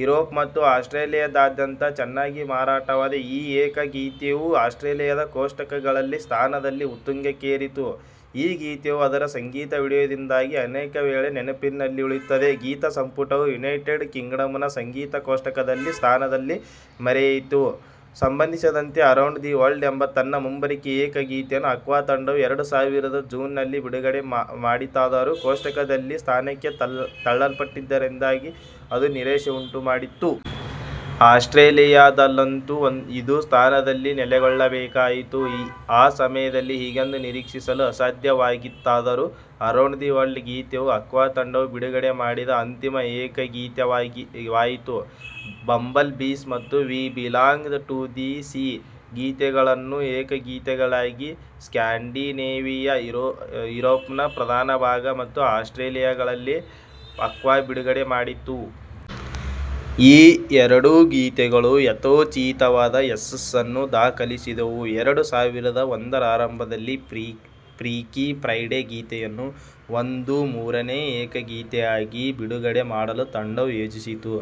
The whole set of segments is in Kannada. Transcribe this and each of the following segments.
ಯುರೋಪ್ ಮತ್ತು ಆಸ್ಟ್ರೇಲಿಯಾದಾದ್ಯಂತ ಚೆನ್ನಾಗಿ ಮಾರಾಟವಾದ ಈ ಏಕಗೀತೆಯು ಆಸ್ಟ್ರೇಲಿಯಾದ ಕೋಷ್ಟಕಗಳಲ್ಲಿ ಸ್ಥಾನದಲ್ಲಿ ಉತ್ತುಂಗಕ್ಕೇರಿತು. ಈ ಗೀತೆಯು ಅದರ ಸಂಗೀತ ವಿಡಿಯೋದಿಂದಾಗಿ ಅನೇಕವೇಳೆ ನೆನಪಿನಲ್ಲುಳಿಯುತ್ತದೆ. ಗೀತಸಂಪುಟವು ಯುನೈಟೆಡ್ ಕಿಂಗ್ಡಂನ ಸಂಗೀತ ಕೋಷ್ಟಕದಲ್ಲಿ ಸ್ಥಾನದಲ್ಲಿ ಮೆರೆಯಿತು. ಸಂಬಂಧಿಸಿದಂತೆ "ಅರೌಂಡ್ ದಿ ವರ್ಲ್ಡ್" ಎಂಬ ತನ್ನ ಮುಂಬರಿಕೆ ಏಕಗೀತೆಯನ್ನು ಆಕ್ವಾ ತಂಡವು ಎರಡು ಸಾವಿರದ ಜೂನ್ನಲ್ಲಿ ಬಿಡುಗಡೆ ಮಾಡಿತಾದರೂ, ಕೋಷ್ಟಕದಲ್ಲಿ ಸ್ಥಾನಕ್ಕೆ ತಳ್ಳಲ್ಪಟ್ಟಿದ್ದರಿಂದಾಗಿ ಅದು ನಿರಾಶೆಯುಂಟುಮಾಡಿತು. ಆಸ್ಟ್ರೇಲಿಯಾದಲ್ಲಂತೂ ಇದು ಸ್ಥಾನದಲ್ಲಿ ನೆಲೆಗೊಳ್ಳಬೇಕಾಯಿತು. ಆ ಸಮಯದಲ್ಲಿ ಹೀಗೆಂದು ನಿರೀಕ್ಷಿಸಲು ಅಸಾಧ್ಯವಾಗಿತ್ತಾದರೂ, ಅರೌಂಡ್ ದಿ ವರ್ಲ್ಡ್ ಗೀತೆಯು ಆಕ್ವಾ ತಂಡವು ಬಿಡುಗಡೆ ಮಾಡಿದ ಅಂತಿಮ ಏಕಗೀತೆಯಾಯಿತು. "ಬಂಬಲ್ ಬೀಸ್" ಮತ್ತು "we belong to the sea" ಗೀತೆಗಳನ್ನು ಏಕಗೀತೆಗಳಾಗಿ ಸ್ಕ್ಯಾಂಡಿನೇವಿಯಾ, ಯುರೋಪ್ನ ಪ್ರಧಾನಭಾಗ ಮತ್ತು ಆಸ್ಟ್ರೇಲಿಯಾಗಳಲ್ಲಿ ಆಕ್ವಾ ಬಿಡುಗಡೆಮಾಡಿತು. ಈ ಎರಡೂ ಗೀತೆಗಳೂ ಯಥೋಚಿತವಾದ ಯಶಸ್ಸನ್ನು ದಾಖಲಿಸಿದವು. ಎರಡು ಸಾವಿರದ ಒಂದರ ಆರಂಭದಲ್ಲಿ, ಫ್ರೀಕಿ ಫ್ರೈಡೆ ಗೀತೆಯನ್ನು ಒಂದು ಮೂರನೇ ಏಕಗೀತೆಯಾಗಿ ಬಿಡುಗಡೆ ಮಾಡಲು ತಂಡವು ಯೋಜಿಸಿತು.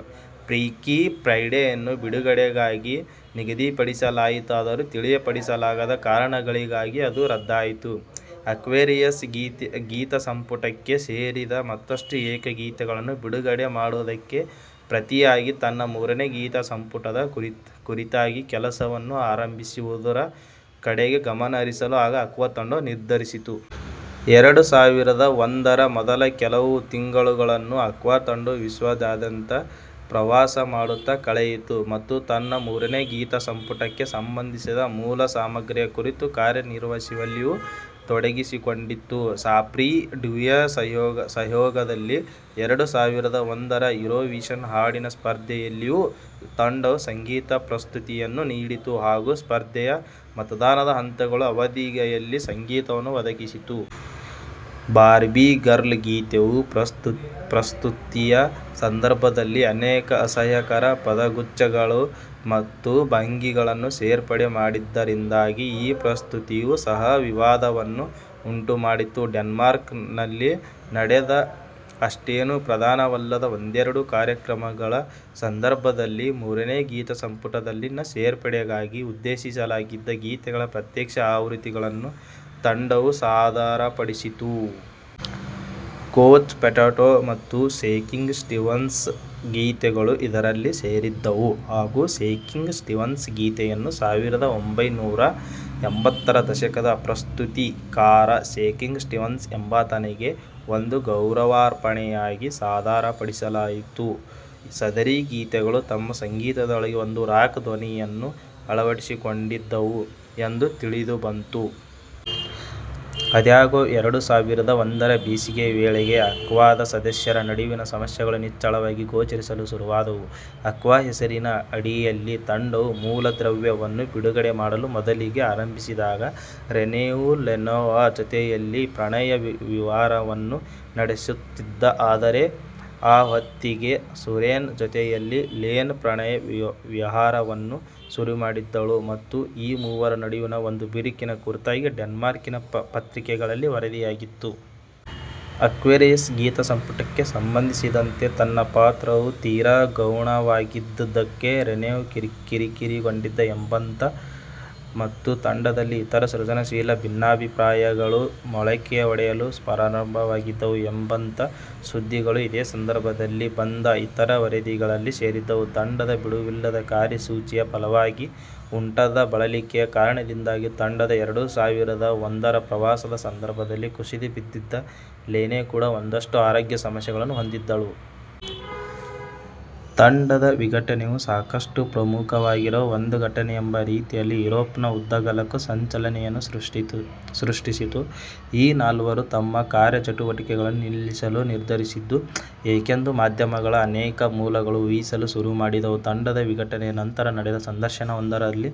"ಫ್ರೀಕಿ ಫ್ರೈಡೆ"ಯನ್ನು ಬಿಡುಗಡೆಗಾಗಿ ನಿಗದಿಪಡಿಸಲಾಯಿತಾದರೂ, ತಿಳಿಯಪಡಿಸಲಾಗದ ಕಾರಣಗಳಿಗಾಗಿ ಅದು ರದ್ದಾಯಿತು. ಆಕ್ವೇರಿಯಸ್ ಗೀತಸಂಪುಟಕ್ಕೆ ಸೇರಿದ ಮತ್ತಷ್ಟು ಏಕಗೀತೆಗಳನ್ನು ಬಿಡುಗಡೆ ಮಾಡುವುದಕ್ಕೆ ಪ್ರತಿಯಾಗಿ, ತನ್ನ ಮೂರನೇ ಗೀತಸಂಪುಟದ ಕುರಿತಾಗಿ ಕೆಲಸವನ್ನು ಆರಂಭಿಸುವುದರ ಕಡೆಗೆ ಗಮನ ಹರಿಸಲು ಆಗ ಆಕ್ವಾ ತಂಡವು ನಿರ್ಧರಿಸಿತು. ಎರಡು ಸಾವಿರದ ಒಂದರ ಮೊದಲ ಕೆಲವು ತಿಂಗಳುಗಳನ್ನು ಆಕ್ವಾ ತಂಡವು ವಿಶ್ವದಾದ್ಯಂತ ಪ್ರವಾಸಮಾಡುತ್ತಾ ಕಳೆಯಿತು, ಮತ್ತು ತನ್ನ ಮೂರನೇ ಗೀತಸಂಪುಟಕ್ಕೆ ಸಂಬಂಧಿಸಿದ ಮೂಲಸಾಮಗ್ರಿಯ ಕುರಿತು ಕಾರ್ಯನಿರ್ವಹಿಸುವಲ್ಲಿಯೂ ತೊಡಗಿಸಿಕೊಂಡಿತು. ಸಾಫ್ರಿ ಡ್ಯುಯೊ ಸಹಯೋಗದಲ್ಲಿ ಎರಡು ಸಾವಿರದ ಒಂದರ ಯೂರೋವಿಷನ್ ಹಾಡಿನ ಸ್ಪರ್ಧೆಯಲ್ಲಿಯೂ ತಂಡವು ಸಂಗೀತ ಪ್ರಸ್ತುತಿಯನ್ನು ನೀಡಿತು ಹಾಗೂ ಸ್ಪರ್ಧೆಯ ಮತದಾನದ ಹಂತಗಳ ಅವಧಿಯಲ್ಲಿ ಸಂಗೀತವನ್ನು ಒದಗಿಸಿತು. "ಬಾರ್ಬೀ ಗರ್ಲ್" ಗೀತೆಯ ಪ್ರಸ್ತುತಿಯ ಸಂದರ್ಭದಲ್ಲಿ ಅನೇಕ ಅಸಹ್ಯಕರ ಪದಗುಚ್ಛಗಳು ಮತ್ತು ಭಂಗಿಗಳನ್ನು ಸೇರ್ಪಡೆ ಮಾಡಿದ್ದರಿಂದಾಗಿ, ಈ ಪ್ರಸ್ತುತಿಯೂ ಸಹ ವಿವಾದವನ್ನು ಉಂಟುಮಾಡಿತು. ಡೆನ್ಮಾರ್ಕ್ನಲ್ಲಿ ನಡೆದ ಅಷ್ಟೇನೂ ಪ್ರಧಾನವಲ್ಲದ ಒಂದೆರಡು ಕಾರ್ಯಕ್ರಮಗಳ ಸಂದರ್ಭದಲ್ಲಿ, ಮೂರನೇ ಗೀತಸಂಪುಟದಲ್ಲಿನ ಸೇರ್ಪಡೆಗಾಗಿ ಉದ್ದೇಶಿಸಲಾಗಿದ್ದ ಗೀತೆಗಳ ಪ್ರತ್ಯಕ್ಷ ಆವೃತ್ತಿಗಳನ್ನು ತಂಡವು ಸಾದರಪಡಿಸಿತು. "ಕೂಚ್ ಪೊಟೆಟೊ" ಮತ್ತು "ಷೇಕಿಂಗ್ ಸ್ಟೀವನ್ಸ್ " ಗೀತೆಗಳು ಇದರಲ್ಲಿ ಸೇರಿದ್ದವು ಹಾಗೂ "ಷೇಕಿಂಗ್ ಸ್ಟೀವನ್ಸ್ " ಗೀತೆಯನ್ನು ಸಾವಿರದ ಒಂಭೈನೂರ ಎಂಬತ್ತರ ದಶಕದ ಪ್ರಸ್ತುತಿಕಾರ ಷೇಕಿಂಗ್ ಸ್ಟೀವನ್ಸ್ ಎಂಬಾತನಿಗೆ ಒಂದು ಗೌರವಾರ್ಪಣೆಯಾಗಿ ಸಾದರಪಡಿಸಲಾಯಿತು. ಸದರಿ ಗೀತೆಗಳು ತಮ್ಮ ಸಂಗೀತದೊಳಗೆ ಒಂದು ರಾಕ್ ಧ್ವನಿಯನ್ನು ಅಳವಡಿಸಿಕೊಂಡಿದ್ದವು ಎಂದು ತಿಳಿದುಬಂತು. ಆದಾಗ್ಯೂ ಎರಡು ಸಾವಿರದ ಒಂದರ ಬೇಸಿಗೆಯ ವೇಳೆಗೆ ಆಕ್ವಾದ ಸದಸ್ಯರ ನಡುವಿನ ಸಮಸ್ಯೆಗಳು ನಿಚ್ಚಳವಾಗಿ ಗೋಚರಿಸಲು ಶುರುವಾದವು. ಆಕ್ವಾ ಹೆಸರಿನ ಅಡಿಯಲ್ಲಿ ತಂಡವು ಮೂಲದ್ರವ್ಯವನ್ನು ಬಿಡುಗಡೆ ಮಾಡಲು ಮೊದಲಿಗೆ ಆರಂಭಿಸಿದಾಗ, ರೆನೆಯು ಲೆನೆಯ ಜೊತೆಯಲ್ಲಿ ಪ್ರಣಯ-ವಿಹಾರವನ್ನು ನಡೆಸುತ್ತಿದ್ದ. ಆದರೆ, ಈ ಹೊತ್ತಿಗೆ ಸೋರೆನ್ ಜೊತೆಯಲ್ಲಿ ಲೆನೆ ಪ್ರಣಯ-ವಿಹಾರವನ್ನು ಶುರುಮಾಡಿದ್ದಳು, ಮತ್ತು ಈ ಮೂವರ ನಡುವಿನ ಒಂದು ಬಿರುಕಿನ ಕುರಿತಾಗಿ ಡೆನ್ಮಾರ್ಕಿನ ಪತ್ರಿಕೆಗಳಲ್ಲಿ ವರದಿಯಾಗಿತ್ತು. ಆಕ್ವೇರಿಯಸ್ ಗೀತಸಂಪುಟಕ್ಕೆ ಸಂಬಂಧಿಸಿದಂತೆ ತನ್ನ ಪಾತ್ರವು ತೀರಾ ಗೌಣವಾಗಿದ್ದುದಕ್ಕೆ ರೆನೆಯು ಕಿರಿಕಿರಿಗೊಂಡಿದ್ದ ಎಂಬಂಥ, ಮತ್ತು ತಂಡದಲ್ಲಿ ಇತರ ಸೃಜನಶೀಲ ಭಿನ್ನಾಭಿಪ್ರಾಯಗಳು ಮೊಳಕೆಯೊಡೆಯಲು ಪ್ರಾರಂಭವಾಗಿದ್ದವು ಎಂಬಂಥ ಸುದ್ದಿಗಳು ಇದೇ ಸಂದರ್ಭದಲ್ಲಿ ಬಂದ ಇತರ ವರದಿಗಳಲ್ಲಿ ಸೇರಿದ್ದವು. ತಂಡದ ಬಿಡುವಿಲ್ಲದ ಕಾರ್ಯಸೂಚಿಯ ಫಲವಾಗಿ ಉಂಟಾದ ಬಳಲಿಕೆಯ ಕಾರಣದಿಂದಾಗಿ, ತಂಡದ ಎರಡು ಸಾವಿರದ ಒಂದರ ಪ್ರವಾಸದ ಸಂದರ್ಭದಲ್ಲಿ ಕುಸಿದುಬಿದ್ದಿದ್ದ ಲೆನೆ ಕೂಡಾ ಒಂದಷ್ಟು ಆರೋಗ್ಯ ಸಮಸ್ಯೆಗಳನ್ನು ಹೊಂದಿದ್ದಳು. ತಂಡದ ವಿಘಟನೆಯು ಸಾಕಷ್ಟು ಪ್ರಮುಖವಾಗಿರುವ ಒಂದು ಘಟನೆ ಎಂಬ ರೀತಿಯಲ್ಲಿ ಯುರೋಪ್ನ ಉದ್ದಗಲಕ್ಕೂ ಸಂಚಲನೆಯನ್ನು ಸೃಷ್ಟಿಸಿತು. ಈ ನಾಲ್ವರೂ ತಮ್ಮ ಕಾರ್ಯಚಟುವಟಿಕೆಗಳನ್ನು ನಿಲ್ಲಿಸಲು ನಿರ್ಧರಿಸಿದ್ದು ಏಕೆಂದು ಮಾಧ್ಯಮಗಳ ಅನೇಕ ಮೂಲಗಳು ಊಹಿಸಲು ಶುರುಮಾಡಿದವು. ತಂಡದ ವಿಘಟನೆಯ ನಂತರ ನಡೆದ ಸಂದರ್ಶನವೊಂದರಲ್ಲಿ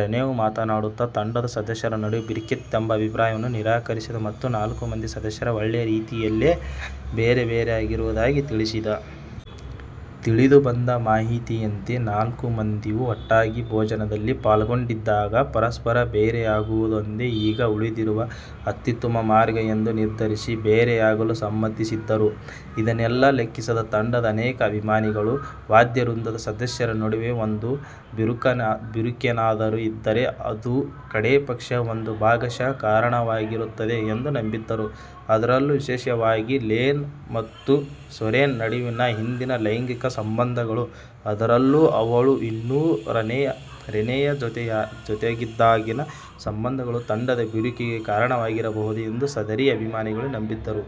ರೆನೆಯು ಮಾತನಾಡುತ್ತಾ, ತಂಡದ ಸದಸ್ಯರ ನಡುವೆ ಬಿರುಕಿತ್ತೆಂಬ ಅಭಿಪ್ರಾಯವನ್ನು ನಿರಾಕರಿಸಿದ ಮತ್ತು ನಾಲ್ಕೂ ಮಂದಿ ಸದಸ್ಯರು ಒಳ್ಳೆಯ ರೀತಿಯಲ್ಲೇ ಬೇರೆಬೇರೆಯಾಗಿರುವುದಾಗಿ ತಿಳಿಸಿದ. ತಿಳಿದುಬಂದ ಮಾಹಿತಿಯಂತೆ, ನಾಲ್ಕೂ ಮಂದಿಯೂ ಒಟ್ಟಾಗಿ ಭೋಜನದಲ್ಲಿ ಪಾಲ್ಗೊಂಡಿದ್ದಾಗ "ಪರಸ್ಪರ ಬೇರೆಯಾಗುವುದೊಂದೇ ಈಗ ಉಳಿದಿರುವ ಅತ್ಯುತ್ತಮ ಮಾರ್ಗ" ಎಂದು ನಿರ್ಧರಿಸಿ, ಬೇರೆಯಾಗಲು ಸಮ್ಮತಿಸಿದ್ದರು. ಇದನ್ನೆಲ್ಲ ಲೆಕ್ಕಿಸದ ತಂಡದ ಅನೇಕ ಅಭಿಮಾನಿಗಳು, ವಾದ್ಯವೃಂದದ ಸದಸ್ಯರ ನಡುವೆ ಒಂದು ಬಿರುಕೇನಾದರೂ ಇದ್ದರೆ ಅದು ಕಡೇಪಕ್ಷ ಒಂದು ಭಾಗಶಃ ಕಾರಣವಾಗಿರುತ್ತದೆ ಎಂದು ನಂಬಿದ್ದರು; ಅದರಲ್ಲೂ ವಿಶೇಷವಾಗಿ, ಲೆನೆ ಮತ್ತು ಸೋರೆನ್ ನಡುವಿನ ಹಿಂದಿನ ಲೈಂಗಿಕ ಸಂಬಂಧಗಳು, ಅದರಲ್ಲೂ ಅವಳು ಇನ್ನೂ ರೆನೆಯ ಜೊತೆಗಿದ್ದಾಗಿನ ಸಂಬಂಧಗಳು ತಂಡದ ಬಿರುಕಿಗೆ ಕಾರಣವಾಗಿರಬಹುದು ಎಂದು ಸದರಿ ಅಭಿಮಾನಿಗಳು ನಂಬಿದ್ದರು.